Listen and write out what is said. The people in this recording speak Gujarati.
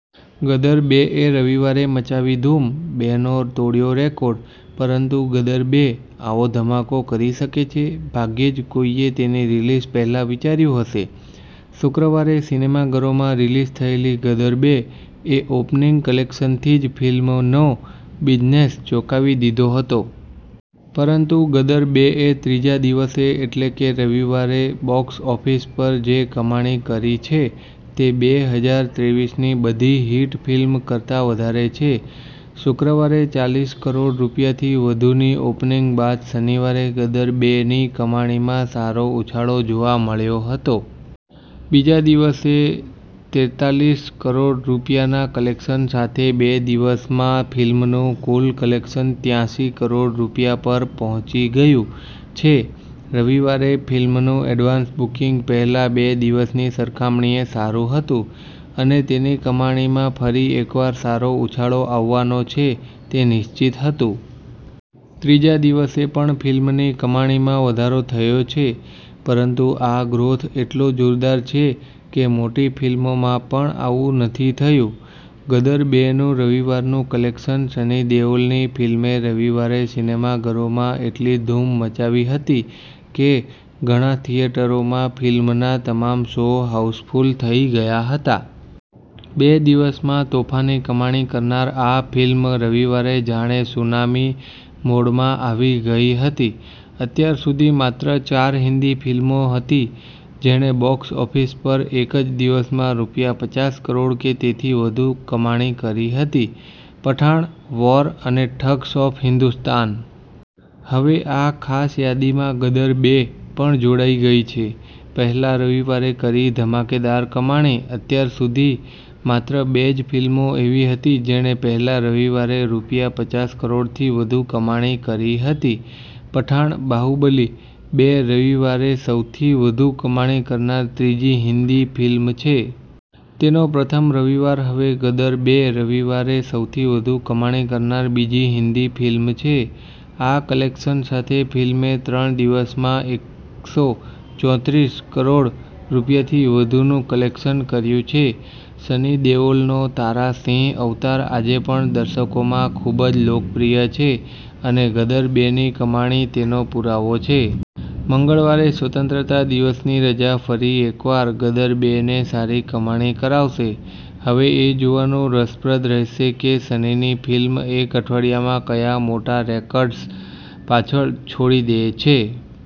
ગદર બે 'એ રવિવારે મચાવી ધૂમ, 'બે' નો તોડ્યો રેકોર્ડ! પરંતુ 'ગદર બે' આવો ધમાકો કરી શકે છે, ભાગ્યે જ કોઈએ તેની રિલીઝ પહેલા વિચાર્યું હશે. શુક્રવારે સિનેમાઘરોમાં રિલીઝ થયેલી 'ગદર બે' એ ઓપનિંગ કલેક્શનથી જ ફિલ્મનો બિઝનેસ ચોંકાવી દીધો હતો. પરંતુ 'ગદર બે' એ ત્રીજા દિવસે એટલે કે રવિવારે બોક્સ ઓફિસ પર જે કમાણી કરી છે, તે બે હજાર ત્રેવીસની બધી હિટ ફિલ્મ કરતા વધારે છે. શુક્રવારે ચાલીસ કરોડ રૂપિયાથી વધુની ઓપનિંગ બાદ શનિવારે 'ગદર બે'ની કમાણીમાં સારો ઉછાળો જોવા મળ્યો હતો. બીજા દિવસે ત્રેતાલીસ કરોડ રૂપિયાના કલેક્શન સાથે બે દિવસમાં ફિલ્મનું કુલ કલેક્શન ત્યાસી કરોડ રૂપિયા પર પહોંચી ગયું છે. રવિવારે ફિલ્મનું એડવાન્સ બુકિંગ પહેલા બે દિવસની સરખામણીએ સારું હતું અને તેની કમાણીમાં ફરી એકવાર સારો ઉછાળો આવવાનો છે તે નિશ્ચિત હતું. ત્રીજા દિવસે પણ ફિલ્મની કમાણીમાં વધારો થયો છે, પરંતુ આ ગ્રોથ એટલો જોરદાર છે કે મોટી ફિલ્મોમાં પણ આવું નથી થયું. 'ગદર બે'નું રવિવારનું કલેક્શન, સની દેઓલની ફિલ્મે રવિવારે સિનેમાઘરોમાં એટલી ધૂમ મચાવી હતી કે ઘણા થિયેટરોમાં ફિલ્મના તમામ શો હાઉસફુલ થઈ ગયા હતા. બે દિવસમાં તોફાની કમાણી કરનાર આ ફિલ્મ રવિવારે જાણે સુનામી મોડમાં આવી ગઈ હતી. અત્યાર સુધી માત્ર ચાર હિન્દી ફિલ્મો હતી જેણે બોક્સ ઓફિસ પર એક જ દિવસમાં રૂપિયા પચાસ કરોડ કે તેથી વધુ કમાણી કરી હતી પઠાણ, વોર અને ઠગ્સ ઓફ હિન્દોસ્તાન. હવે આ ખાસ યાદીમાં 'ગદર બે' પણ જોડાઈ ગઈ છે. પહેલા રવિવારે કરી ધમાકેદાર કમાણી અત્યાર સુધી, માત્ર બે જ ફિલ્મો એવી હતી જેણે પહેલા રવિવારે રૂપિયા પચાસ કરોડથી વધુ કમાણી કરી હતી – પઠાણ, બાહુબલી બે રવિવારે સૌથી વધુ કમાણી કરનાર ત્રીજી હિન્દી ફિલ્મ છે. તેનો પ્રથમ રવિવાર હવે 'ગદર બે' રવિવારે સૌથી વધુ કમાણી કરનાર બીજી હિન્દી ફિલ્મ છે. આ કલેક્શન સાથે ફિલ્મે ત્રણ દિવસમાં એકસો ચોત્રીસ કરોડ રૂપિયાથી વધુનું કલેક્શન કર્યું છે. સની દેઓલનો તારા સિંહ અવતાર આજે પણ દર્શકોમાં ખૂબ જ લોકપ્રિય છે અને 'ગદર બે'ની કમાણી તેનો પુરાવો છે. મંગળવારે સ્વતંત્રતા દિવસની રજા ફરી એકવાર 'ગદર બે'ને સારી કમાણી કરાવશે. હવે એ જોવાનું રસપ્રદ રહેશે કે સનીની ફિલ્મ એક અઠવાડિયામાં કયા મોટા રેકોર્ડ્સ પાછળ છોડી દે છે.